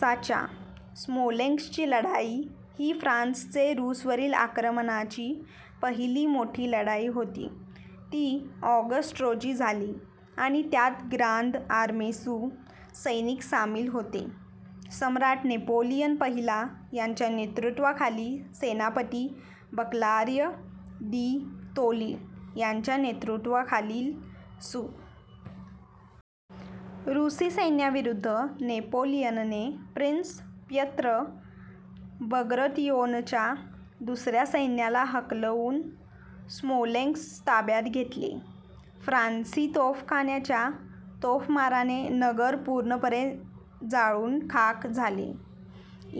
साचा: स्मोलेन्स्कची लढाई ही फ्रान्सचे रूसवरील आक्रमणाची पहिली मोठी लढाई होती. ती - ऑगस्ट रोजी झाली आणि त्यात ग्रांद आर्मे सु. सैनिक सामील होते. सम्राट नेपोलियन पहिला यांच्या नेतृत्वाखाली सेनापती बर्क्लाय दि तोली यांच्या नेतृत्वाखालील सु. रूसी सैन्याविरुद्ध. नेपोलियनने प्रिन्स प्यत्र बग्रतियोनच्या दुसऱ्या सैन्याला हाकलून स्मोलेन्स्क ताब्यात घेतले. फ्रान्सी तोफखान्याच्या तोफमाराने नगर पूर्णपणे जळून खाक झाले.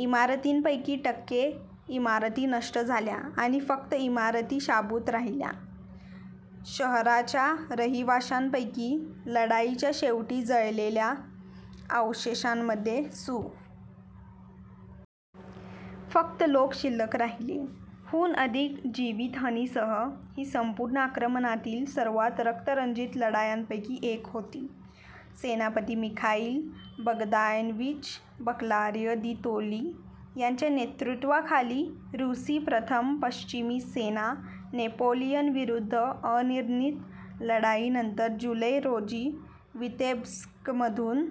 इमारतींपैकी टक्के इमारती नष्ट झाल्या आणि फक्त इमारती शाबूत राहिल्या. शहराच्या रहिवाशांपैकी, लढाईच्या शेवटी जळलेल्या अवशेषांमध्ये सु. फक्त लोक शिल्लक राहिले., हून अधिक जीवितहानीसह, ही संपूर्ण आक्रमणातील सर्वात रक्तरंजित लढायांपैकी एक होती. सेनापती मिखाईल बगदानव्यिच बर्क्लाय दि तोली यांच्या नेतृत्वाखालील रूसी प्रथम पश्चिमी सेना, नेपोलियनविरुद्धच्या अनिर्णित लढाईनंतर जुलै रोजी वितेब्स्कमधून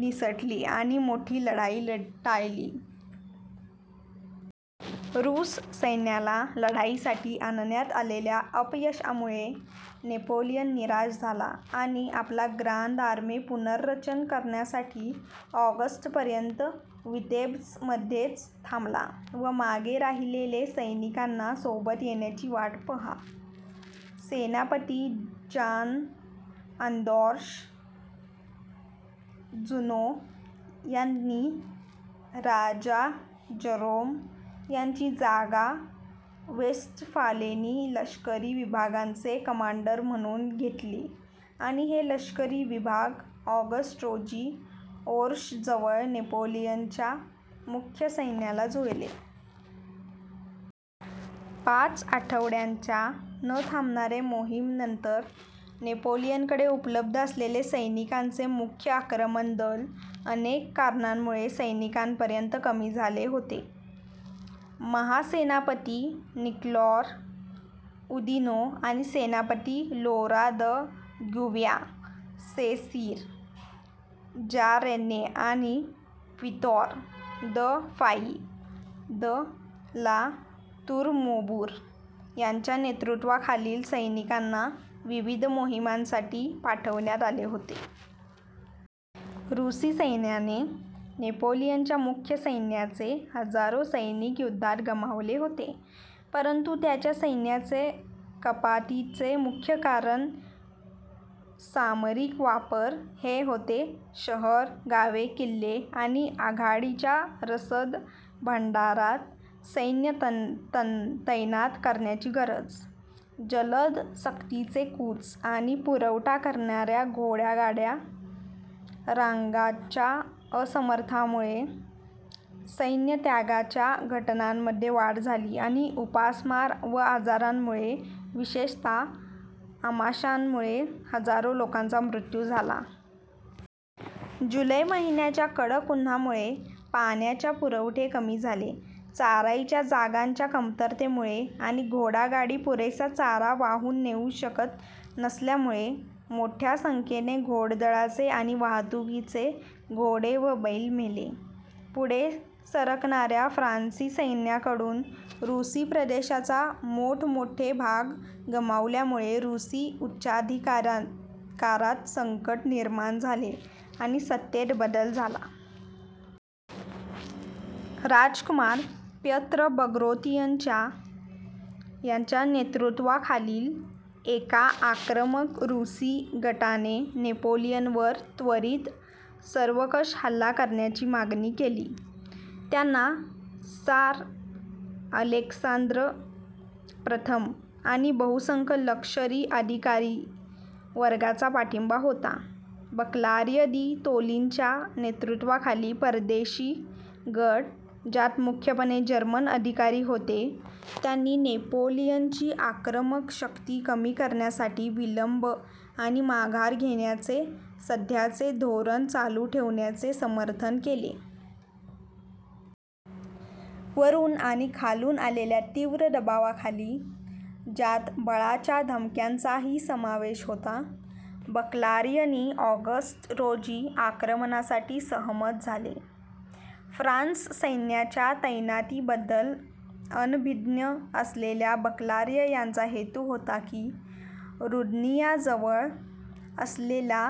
निसटली आणि मोठी लढाई टाळली. रूसी सैन्याला लढाईसाठी आणण्यात आलेल्या अपयशामुळे नेपोलियन निराश झाला आणि आपल्या ग्रांद आर्मे पुनर्रचना करण्यासाठी ऑगस्टपर्यंत वितेब्स्कमध्येच थांबला व मागे राहिलेले सैनिकांना सोबत येण्याची वाट पहा. सेनापती जांन-आंदॉश जुनो यांनी राजा जरोम यांची जागा वेस्टफालेनी लष्करी विभागांचे कमांडर म्हणून घेतली आणि हे लष्करी विभाग ऑगस्ट रोजी ओर्षजवळ नेपोलियनच्या मुख्य सैन्याला जुळले. पाच आठवड्यांच्या न-थांबणारे मोहिमांनंतर, नेपोलियनकडे उपलब्ध असलेले सैनिकांचे मुख्य आक्रमण दल अनेक कारणांमुळे सैनिकांपर्यंत कमी झाले होते. महासेनापती निकॉला उदिनो आणि सेनापती लोरां द गुव्याँ सें-सीर, जां रेन्ये आणि Victor de Fay de La Tour Maubourg यांच्या नेतृत्वाखालील सैनिकांना विविध मोहिमांसाठी पाठवण्यात आले होते. रूसी सैन्याने नेपोलियनच्या मुख्य सैन्याचे हजारो सैनिक युद्धात गमावले होते, परंतु त्याच्या सैन्याच्या कपातीचे मुख्य कारण सामरिक वापर हे होते शहरे, गावे, किल्ले आणि आघाडीच्या रसद भांडारात सैन्य तैनात करण्याची गरज. जलद सक्तीचे कूच आणि पुरवठा करणाऱ्या घोडागाड्या रांगांच्या असमर्थतेमुळे सैन्यत्यागाच्या घटनांमध्ये वाढ झाली आणि उपासमार व आजारांमुळे, विशेषतः आमांशामुळे, हजारो लोकांचा मृत्यू झाला. जुलै महिन्याच्या कडक उन्हामुळे पाण्याच्या पुरवठे कमी झाली. चराईच्या जागांच्या कमतरतेमुळे आणि घोडागाडी पुरेसा चारा वाहून नेऊ शकत नसल्यामुळे मोठ्या संख्येने घोडदळाचे आणि वाहतुकीचे घोडे व बैल मेले. पुढे सरकणाऱ्या फ्रांसी सैन्याकडून रूसी प्रदेशाचा मोठमोठे भाग गमावल्यामुळे रूसी उच्चाधिकारात संकट निर्माण झाले आणि सत्तेत बदल झाला. राजकुमार प्यत्र बग्रतियोनच्याप्यत्र बग्रतियोन यांच्या नेतृत्वाखालील एका आक्रमक "रूसी" गटाने नेपोलियनवर त्वरित, सर्वंकष हल्ला करण्याची मागणी केली. त्यांना त्सार अलेक्सांद्र प्रथम आणि बहुसंख्य लष्करी अधिकारी वर्गाचा पाठिंबा होता. बर्क्लाय दि तोलींच्या नेतृत्वाखालील "परदेशी" गट, ज्यात मुख्यपणे जर्मन अधिकारी होते, त्यांनी नेपोलियनची आक्रमक शक्ती कमी करण्यासाठी विलंब आणि माघार घेण्याचे सध्याचे धोरण चालू ठेवण्याचे समर्थन केले. वरून आणि खालून आलेल्या तीव्र दबावाखाली, ज्यात बळाच्या धमक्यांचाही समावेश होता, बर्क्लायनी ऑगस्ट रोजी आक्रमणासाठी सहमत झाले. फ्रान्सी सैन्याच्या तैनातीबद्दल अनभिज्ञ असलेल्या बर्क्लाय यांचा हेतू होता की, रुद्नियाजवळ असलेल्या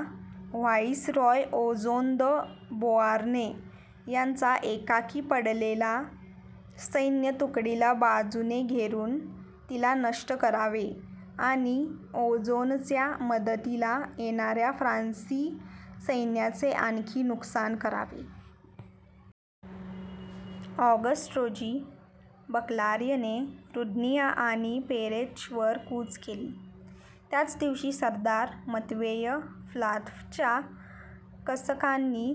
व्हाइसरॉय ओजेन द बोआर्ने यांच्या एकाकी पडलेल्या सैन्य तुकडीला बाजूने घेरून, तिला नष्ट करावे आणि ओजेनच्या मदतीला येणाऱ्या फ्रांसी सैन्याचे आणखी नुकसान करावे. ऑगस्ट रोजी बर्क्लायने रुद्निया आणि परेच्येवर कूच केली. त्याच दिवशी, सरदार मत्वेय प्लातफच्या कसाकांनी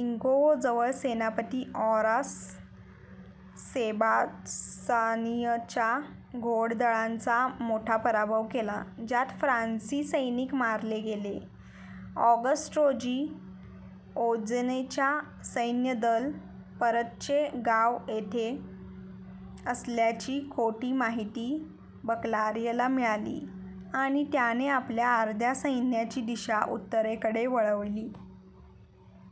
इंकोवो जवळ सेनापती ऑरास सेबास्त्यानीच्या घोडदळाचा मोठा पराभव केला, ज्यात फ्रांसी सैनिक मारले गेले. ऑगस्ट रोजी, ओजेनचे सैन्यदल परच्ये गाव येथे असल्याची खोटी माहिती बर्क्लायला मिळाली आणि त्याने आपल्या अर्ध्या सैन्याची दिशा उत्तरेकडे वळवली.